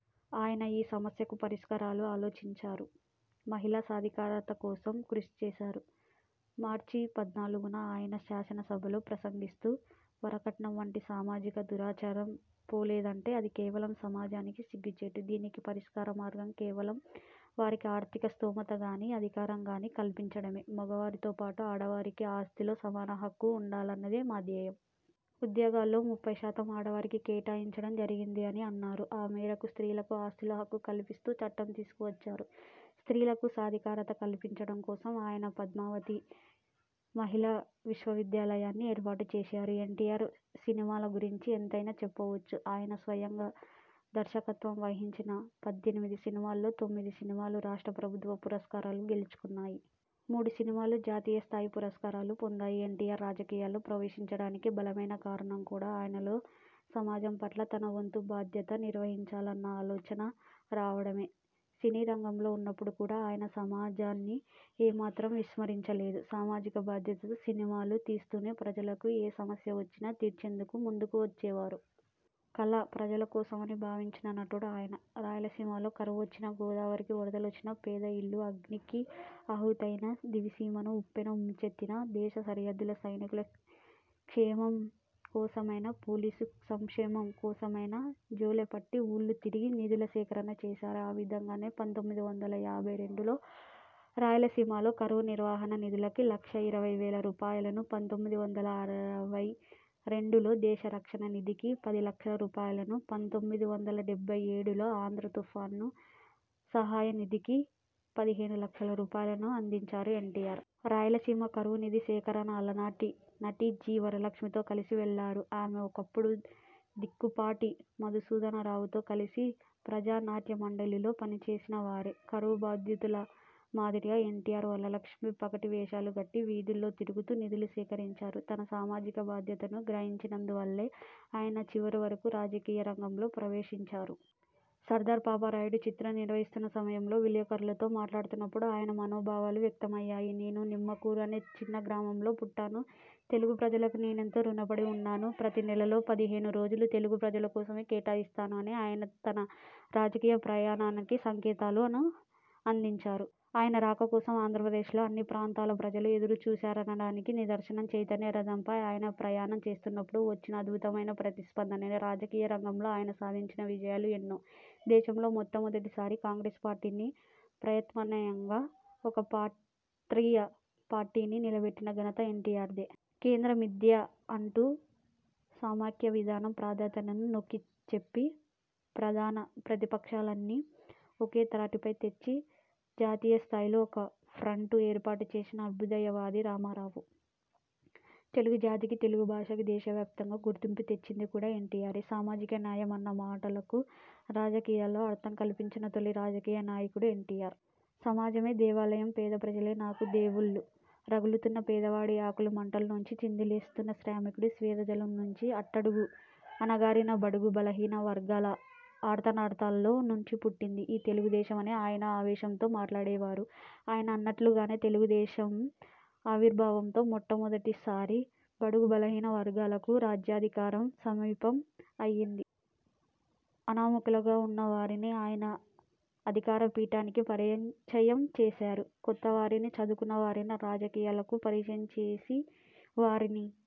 ఆయన ఈ సమస్యకు పరిష్కారాలు ఆలోచించారు. మహిళా సాధికారత కోసం కృషిచేశారు. మార్చిపద్నాలుగున ఆయన శాసనసభలో ప్రసంగిస్తూ వరకట్నం వంటి సామాజిక దురాచారం పోలేదంటే అది కేవలం సమాజానికి సిగ్గుచేటు. దీనికి పరిష్కార మార్గం కేవలం వారికి ఆర్థిక స్తోమతగానీ, అధికారం కానీ కల్పించడమే. మగవారితో పాటు ఆడవారికి ఆస్తిలో సమాన హక్కు ఉండాలన్నదే మా ధ్యేయం. ఉద్యోగాల్లో ముప్పై శాతం ఆడవారికి కేటాయించడం జరిగింది అని అన్నారు. ఆ మేరకు స్త్రీలకు ఆస్తిలో హక్కు కల్పిస్తూ చట్టం తీసుకువచ్చారు. స్త్రీలకు సాధికారత కల్పించడం కోసం ఆయన పద్మావతి మహిళా విశ్వవిద్యాలయాన్ని ఏర్పాటు చేశారు. ఎన్టీఆర్ సినిమాల గురించి ఎంతైనా చెప్పవచ్చు. ఆయన స్వయంగా దర్శకత్వం వహించిన పద్దెనిమిది సినిమాల్లో తొమ్మిది సినిమాలు రాష్ట్ర ప్రభుత్వ పురస్కారాలు గెలుచుకున్నాయి. మూడు సినిమాలు జాతీయ స్థాయి పురస్కారాలు పొందాయి. ఎన్టీఆర్ రాజకీయాల్లో ప్రవేశించడానికి బలమైన కారణం కూడా ఆయనలో సమాజం పట్ల తన వంతు బాధ్యత నిర్వహించాలన్న ఆలోచన రావడమే. సినీరంగంలో ఉన్నప్పుడు కూడా ఆయన సమాజాన్ని ఏమాత్రం విస్మరించలేదు. సామాజిక బాధ్యతతో సినిమాలు తీస్తూనే ప్రజలకు ఏ సమస్య వచ్చినా తీర్చేందుకు ముందుకు వచ్చేవారు. కళ ప్రజలకోసం అని భావించిన నటుడు ఆయన. రాయలసీమలో కరువొచ్చినా, గోదావరికి వరదలొచ్చినా, పేదల ఇళ్ళు అగ్నికి ఆహుతైనా, దివిసీమను ఉప్పెన ముంచెత్తినా, దేశ సరిహద్దు సైనికుల సంక్షేమం కోసమైనా, పోలీసు సంక్షేమం కోసమైనా జోలె పట్టి, ఊళ్ళు తిరిగి నిధుల సేకరణ చేశారు. ఆ విధంగానే పంతొమ్మిది వందల యాభై రెండులో రాయలసీమలో కరవు నివారణ నిధికి లక్షా ఇరవై వేల రూపాయలను, పంతొమ్మిది వందల అరవై రెండులో దేశ రక్షణ నిధికి పది లక్షల రూపాయలను, పంతొమ్మిది వందల డెబ్బై ఏడులో ఆంధ్ర తుఫాను సహాయనిధికి పదిహేను లక్షల రూపాయలను అందించారు ఎన్టీఆర్. రాయలసీమ కరవు నిధి సేకరణ అలనాటి నటి జి. వరలక్ష్మితో కలిసి వెళ్ళారు. ఆమె ఒకప్పుడు దుక్కిపాటి మధుసూధనరావుతో కలిసి ప్రజానాట్యమండలిలో పనిచేసిన వారే. కరవు బాధితుల మాదిరిగా ఎన్టీఆర్, వరలక్ష్మి పగటి వేషాలు కట్టి వీధుల్లో తిరుగుతూ నిధులు సేకరించారు. తన సామాజిక బాధ్యతను గ్రహించినందువల్లే ఆయన చివరి వరకు రాజకీయ రంగంలో ప్రవేశించారు. సర్దార్ పాపారాయుడు చిత్రం నిర్మిస్తున్న సమయంలో విలేకరులతో మాట్లాడుతున్నప్పుడు ఆయన మనోభావాలు వ్యక్తమయ్యాయి. నేను నిమ్మకూరు అనే చిన్న గ్రామంలో పుట్టాను. తెలుగు ప్రజలకు నేనెంతో రుణపడి ఉన్నాను. ప్రతి నెలలో పదిహేను రోజులు తెలుగు ప్రజలకోసం కేటాయిస్తాను అని ఆయన తన రాజకీయ ప్రయాణానికి సంకేతాలను అందించారు. ఆయన రాక కోసం ఆంధ్రప్రదేశ్లో అన్ని ప్రాంతాల ప్రజలు ఎదురు చూశారనడానికి నిదర్శనం చైతన్యరథంపై ఆయన ప్రయాణం చేస్తున్నప్పుడు వచ్చిన అద్భుతమైన ప్రతిస్పందనే. రాజకీయ రంగంలో ఆయన సాధించిన విజయాలు ఎన్నో. దేశంలో మొట్టమొదటి సారి కాంగ్రెస్ పార్టీకి ప్రత్యామ్నాయంగా ఒక ప్రార్తీయపార్టీని నిలబెట్టిన ఘనత ఎన్టీఆర్దే. కేంద్రం మిథ్య అంటూ సమాఖ్యవిధానం ప్రాధాన్యతను నొక్కిచెప్పి, ప్రధాన ప్రతిపక్షాలన్నీ ఒకే త్రాటిపై తెచ్చి జాతీయస్థాయిలో ఒక ఫ్రంట్ను ఏర్పాటుచేసిన అభ్యుదయవాది రామారావు. తెలుగు జాతికీ, తెలుగుభాషకూ దేశవ్యాప్తంగా గుర్తింపుతెచ్చింది కూడా ఎన్టీఆరే. సామాజిక న్యాయం అన్న మాటల కు రాజకీయాల్లో అర్థం కల్పించిన తొలి రాజకీయ నాయకుడు ఎన్టీఆర్. సమాజమే దేవాలయం, పేద ప్రజలే నాకు దేవుళ్లురగులుతున్న పేదవాడి ఆకలి మంటల్లోంచి, చిందులేస్తున్న శ్రామికుడి స్వేదజలం నుంచి, అట్టడుగుకు అణగారిన బడుగు బలహీనవర్గాల ఆర్తనాదాల్లో నుంచి పుట్టింది ఈ తెలుగుదేశం అని ఆయన ఆవేశంతో మాట్లాడేవారు. ఆయన అన్నట్లుగానే తెలుగుదేశం ఆవిర్భావంతో మొట్టమొదటి సారి బడుగు బలహీన వర్గాలకు రాజ్యాధికారం సమీపం అయింది. అనామకులుగా ఉన్న వారిని ఆయన అధికారపీఠానికి పరిచయం చేశారు. కొత్తవారిని, చదువుకున్న వారిని రాజకీయాలకు పరిచయం చేసి వారిని